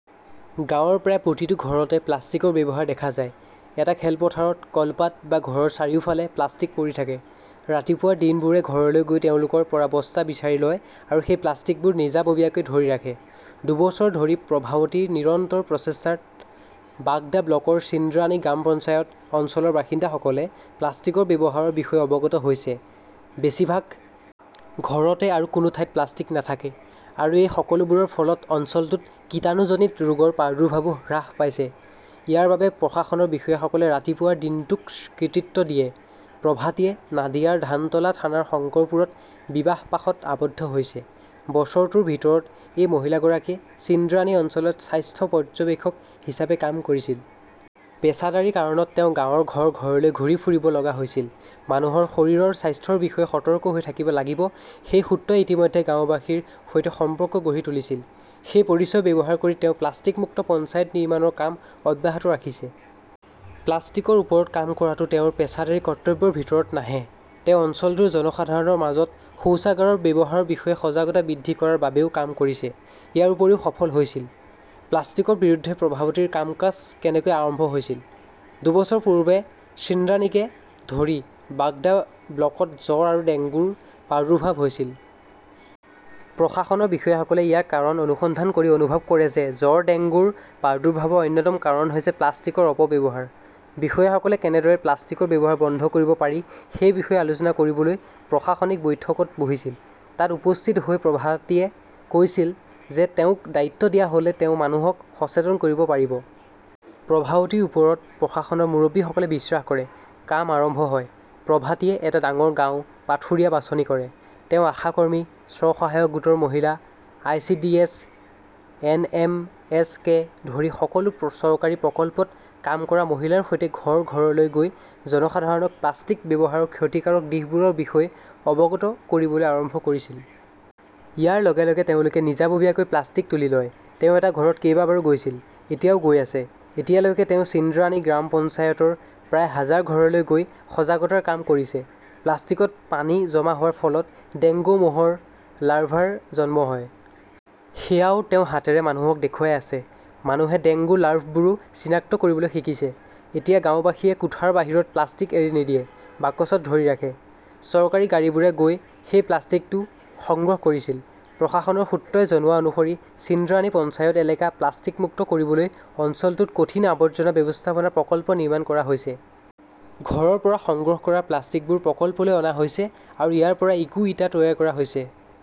গাঁৱৰ প্ৰায় প্ৰতিটো ঘৰতে প্লাষ্টিকৰ ব্যৱহাৰ দেখা যায়। এটা খেলপথাৰত, কলপাত বা ঘৰৰ চাৰিওফালে প্লাষ্টিক পৰি থাকে। ৰাতিপুৱাৰ দিনবোৰে ঘৰলৈ গৈ তেওঁলোকৰ পৰা বস্তা বিচাৰি লয় আৰু সেই প্লাষ্টিকবোৰ নিজাববীয়াকৈ ধৰি ৰাখে। দুবছৰ ধৰি প্ৰভাৱতীৰ নিৰন্তৰ প্ৰচেষ্টাত বাগদা ব্লকৰ চিন্দ্ৰানী গ্ৰাম পঞ্চায়ত অঞ্চলৰ বাসিন্দাসকলে প্লাষ্টিকৰ ব্যৱহাৰৰ বিষয়ে অৱগত হৈছে। বেছিভাগ ঘৰতে আৰু কোনো ঠাইত প্লাষ্টিক নাথাকে আৰু এই সকলোবোৰৰ ফলত অঞ্চলটোত কীটাণুজনিত ৰোগৰ প্ৰাদুৰ্ভাৱো হ্ৰাস পাইছে। ইয়াৰ বাবে প্ৰশাসনৰ বিষয়াসকলে ৰাতিপুৱাৰ দিনটোক কৃতিত্ব দিয়ে। প্ৰভাতিয়ে নাদিয়াৰ ধানতলা থানাৰ শংকৰপুৰত বিবাহপাশত আবদ্ধ হৈছে। বছৰটোৰ ভিতৰত এই মহিলাগৰাকীয়ে চিন্দ্ৰানী অঞ্চলত স্বাস্থ্য পৰ্যবেক্ষক হিচাপে কাম কৰিছিল। পেছাদাৰী কাৰণত তেওঁ গাঁৱৰ ঘৰ- ঘৰলৈ ঘূৰি ফুৰিব লগা হৈছিল। মানুহৰ শৰীৰৰ স্বাস্থ্যৰ বিষয়ে সতৰ্ক হৈ থাকিব লাগিব সেই সূত্ৰই ইতিমধ্যে গাওঁবাসীৰ সৈতে সম্পৰ্ক গঢ়ি তুলিছিল। সেই পৰিচয় ব্যৱহাৰ কৰি তেওঁ প্লাষ্টিক মুক্ত পঞ্চায়ত নিৰ্মাণৰ কাম অব্যাহত ৰাখিছে। প্লাষ্টিকৰ ওপৰত কাম কৰাটো তেওঁৰ পেছাদাৰী কৰ্তব্যৰ ভিতৰত নাহে। তেওঁ অঞ্চলটোৰ জনসাধাৰণৰ মাজত শৌচাগাৰৰ ব্যৱহাৰৰ বিষয়ে সজাগতা বৃদ্ধি কৰাৰ বাবেও কাম কৰিছে, ইয়াৰ উপৰিও সফল হৈছিল। প্লাষ্টিকৰ বিৰুদ্ধে প্ৰভাৱতীৰ কাম-কাজ কেনেকৈ আৰম্ভ হৈছিল? দুবছৰ পূৰ্বে ছিন্দ্ৰানীকে ধৰি বাগদা ব্লকত জ্বৰ আৰু ডেংগুৰ প্ৰাদুৰ্ভাৱ হৈছিল। প্ৰশাসনৰ বিষয়াসকলে ইয়াৰ কাৰণ অনুসন্ধান কৰি অনুভৱ কৰে যে জ্বৰ-ডেংগুৰ প্ৰাদুৰ্ভাৱৰ অন্যতম কাৰণ হৈছে প্লাষ্টিকৰ অপব্যৱহাৰ। বিষয়াসকলে কেনেদৰে প্লাষ্টিকৰ ব্যৱহাৰ বন্ধ কৰিব পাৰি সেই বিষয়ে আলোচনা কৰিবলৈ প্ৰশাসনিক বৈঠকত বহিছিল। তাত উপস্থিত হৈ প্ৰভাতিয়ে কৈছিল যে তেওঁক দায়িত্ব দিয়া হ'লে তেওঁ মানুহক সচেতন কৰিব পাৰিব। প্ৰভাৱতীৰ ওপৰত প্ৰশাসনৰ মুৰব্বীসকলে বিশ্বাস কৰে। কাম আৰম্ভ হয়। প্ৰভাতিয়ে এটা ডাঙৰ গাঁও, পাথুৰিয়া বাছনি কৰে ।তেওঁ আশা কৰ্মী, স্ব-সহায়ক গোটৰ মহিলা, আই.চি.ডি.এছ, এন.এম.এস.কে ধৰি সকলো চৰকাৰী প্ৰকল্পত কাম কৰা মহিলাৰ সৈতে ঘৰ- ঘৰলৈ গৈ জনসাধাৰণক প্লাষ্টিক ব্যৱহাৰৰ ক্ষতিকাৰক দিশবোৰৰ বিষয়ে অৱগত কৰিবলৈ আৰম্ভ কৰিছিল। ইয়াৰ লগে লগে তেওঁলোকে নিজাববীয়াকৈ প্লাষ্টিক তুলি লয়। তেওঁ এটা ঘৰত কেইবাবাৰো গৈছিল, এতিয়াও গৈ আছে। এতিয়ালৈকে তেওঁ চিন্দ্ৰাণী গ্ৰাম পঞ্চায়তৰ প্ৰায় হাজাৰ ঘৰলৈ গৈ সজাগতাৰ কাম কৰিছে। প্লাষ্টিকত পানী জমা হোৱাৰ ফলত ডেংগু মহৰ লাৰ্ভাৰ জন্ম হয়। সেয়াও তেওঁ হাতেৰে মানুহক দেখুৱাই আছে। মানুহে ডেংগু লাৰ্ভবোৰো চিনাক্ত কৰিবলৈ শিকিছে। এতিয়া গাওঁবাসীয়ে কোঠাৰ বাহিৰত প্লাষ্টিক এৰি নিদিয়ে, বাকচত ধৰি ৰাখে। চৰকাৰী গাড়ীবোৰে গৈ সেই প্লাষ্টিকটো সংগ্ৰহ কৰিছিল। প্ৰশাসনৰ সূত্ৰই জনোৱা অনুসৰি ছিন্দ্ৰানী পঞ্চায়ত এলেকা প্লাষ্টিক মুক্ত কৰিবলৈ অঞ্চলটোত কঠিন আৱৰ্জনা ব্যৱস্থাপনা প্ৰকল্প নিৰ্মাণ কৰা হৈছে। ঘৰৰ পৰা সংগ্ৰহ কৰা প্লাষ্টিকবোৰ প্ৰকল্পলৈ অনা হৈছে আৰু ইয়াৰ পৰা ইকো ইটা তৈয়াৰ কৰা হৈছে।